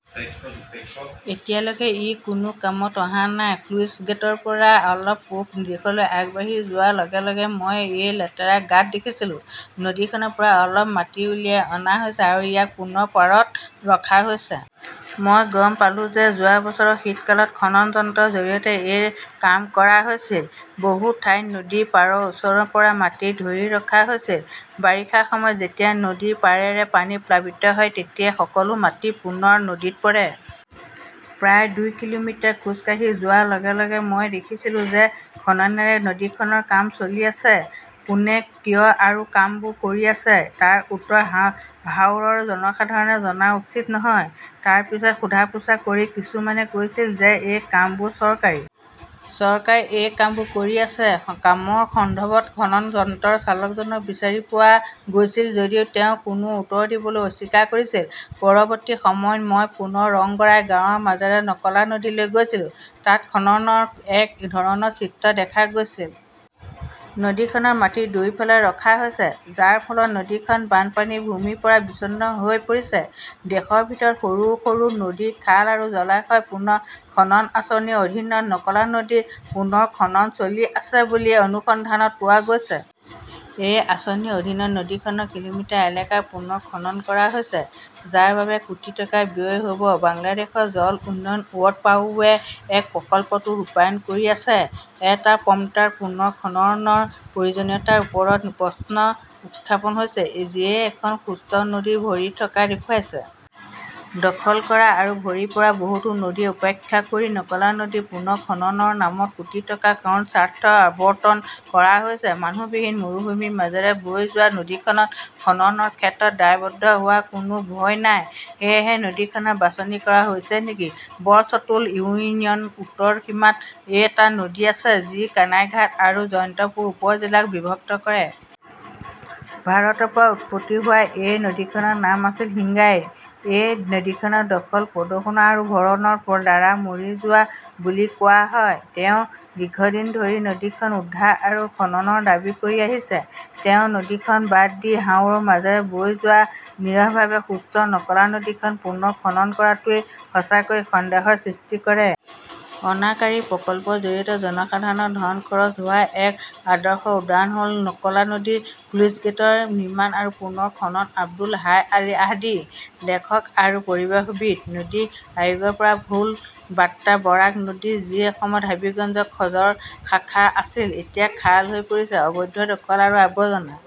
এতিয়ালৈকে ই কোনো কামত অহা নাই। স্লুইছগেটৰ পৰা অলপ পূব দিশলৈ আগবাঢ়ি যোৱাৰ লগে লগে মই এটা লেতেৰা গাঁত দেখিছিলোঁ। নদীখনৰ পৰা অলপ মাটি উলিয়াই অনা হৈছে আৰু ইয়াক পুনৰ পাৰত ৰখা হৈছে। মই গম পালোঁ যে যোৱা বছৰৰ শীতকালত খনন যন্ত্ৰৰ জৰিয়তে এই কাম কৰা হৈছিল। বহু ঠাইত নদীৰ পাৰৰ ওচৰৰ পৰা মাটি ধৰি ৰখা হৈছিল। বাৰিষাৰ সময়ত যেতিয়া নদীৰ পাৰেৰে পানী প্লাবিত হয়, তেতিয়া সকলো মাটি পুনৰ নদীত পৰে। প্ৰায় দুই কিলোমিটাৰ খোজ কাঢ়ি যোৱাৰ লগে লগে মই দেখিছিলোঁ যে খননেৰে নদীখনৰ কাম চলি আছে। কোনে কিয় এই কামবোৰ কৰি আছে তাৰ উত্তৰ হাওৰৰ জনসাধাৰণে জনা উচিত নহয়। তাৰ পিছত সোধা-পোছা কৰি কিছুমানে কৈছিল যে এই কামবোৰ চৰকাৰী। চৰকাৰে এই কামবোৰ কৰি আছে। কামৰ সন্দৰ্ভত খনন যন্ত্ৰৰ চালকজনক বিচাৰি পোৱা গৈছিল যদিও তেওঁ কোনো উত্তৰ দিবলৈ অস্বীকাৰ কৰিছিল। পৰৱৰ্তী সময়ত মই পুনৰ ৰংগৰাই গাঁৱৰ মাজেৰে নকলা নদীলৈ গৈছিলো। তাত খননৰ একে ধৰণৰ চিত্ৰ দেখা গৈছিল। নদীখনৰ মাটি দুয়োফালে ৰখা হৈছে, যাৰ ফলত নদীখন বানপানীৰ ভূমিৰ পৰা বিচ্ছিন্ন হৈ পৰিছে। দেশৰ ভিতৰত সৰু সৰু নদী-খাল আৰু জলাশয় পুনৰ খনন আঁচনিৰ অধীনত নকলা নদীৰ পুনৰ খনন চলি আছে বুলি অনুসন্ধানত পোৱা গৈছে। এই আঁচনিৰ অধীনত নদীখনৰ কিলোমিটাৰ এলেকা পুনৰ খনন কৰা হৈছে, যাৰ বাবে কোটি টকা ব্যয় হ 'ব। বাংলাদেশ জল উন্নয়ন বৰ্ড-পাউবোৱে এই প্ৰকল্পটো ৰূপায়ণ কৰি আছে। এটা প্ৰমট্টাৰ পুনৰ খননৰ প্ৰয়োজনীয়তাৰ ওপৰত প্ৰশ্ন উত্থাপন হৈছে, যিয়ে এখন সুস্থ নদী ভৰি থকা দেখুৱাইছে। দখল কৰা আৰু ভৰি পৰা বহুতো নদী উপেক্ষা কৰি নকলা নদী পুনৰ খননৰ নামত কোটি টকা কোনৰ স্বাৰ্থত আবণ্টন কৰা হৈছে মানুহবিহীন মৰুভূমিৰ মাজেৰে বৈ যোৱা নদীখনত খননৰ ক্ষেত্ৰত দায়বদ্ধ হোৱাৰ কোনো ভয় নাই-সেয়েহে নদীখন বাছনি কৰা হৈছে নেকি বৰচতুল ইউনিয়নৰ উত্তৰ সীমাত এটা নদী আছে যি কানাইঘাট আৰু জয়ন্তপুৰ উপ-জিলাক বিভক্ত কৰে। ভাৰতৰ পৰা উৎপত্তি হোৱা এই নদীখনৰ নাম আছিল হিঙ্গাইৰ । এই নদীখন দখল, প্ৰদূষণ আৰু ভৰণৰ দ্বাৰা মৰি যোৱা বুলি কোৱা হয়। তেওঁ দীৰ্ঘদিন ধৰি নদীখন উদ্ধাৰ আৰু খননৰ দাবী কৰি আহিছে। তেওঁ নদীখন বাদ দি হাওৰৰ মাজেৰে বৈ যোৱা নিৰীহভাৱে সুস্থ নকলা নদীখন পুনৰ খনন কৰাটোৱে সঁচাকৈয়ে সন্দেহৰ সৃষ্টি কৰে। অনাকাৰী প্ৰকল্পৰ জৰিয়তে জনসাধাৰণৰ ধন খৰচ হোৱাৰ এক আদৰ্শ উদাহৰণ হ’ল নকলা নদীৰ স্লুইছগেট নিৰ্মাণ আৰু পুনৰ খনন। আব্দুল হাই আল-হাদীঃ লেখক আৰু পৰিৱেশবিদ। নদী আয়োগৰ পৰা ভুল বাৰ্তা বৰাক নদী, যি এসময়ত হাবিগঞ্জৰ খৰ্জৰ শাখা আছিল, এতিয়া খাল হৈ পৰিছে। অবৈধ দখল আৰু আৱৰ্জনা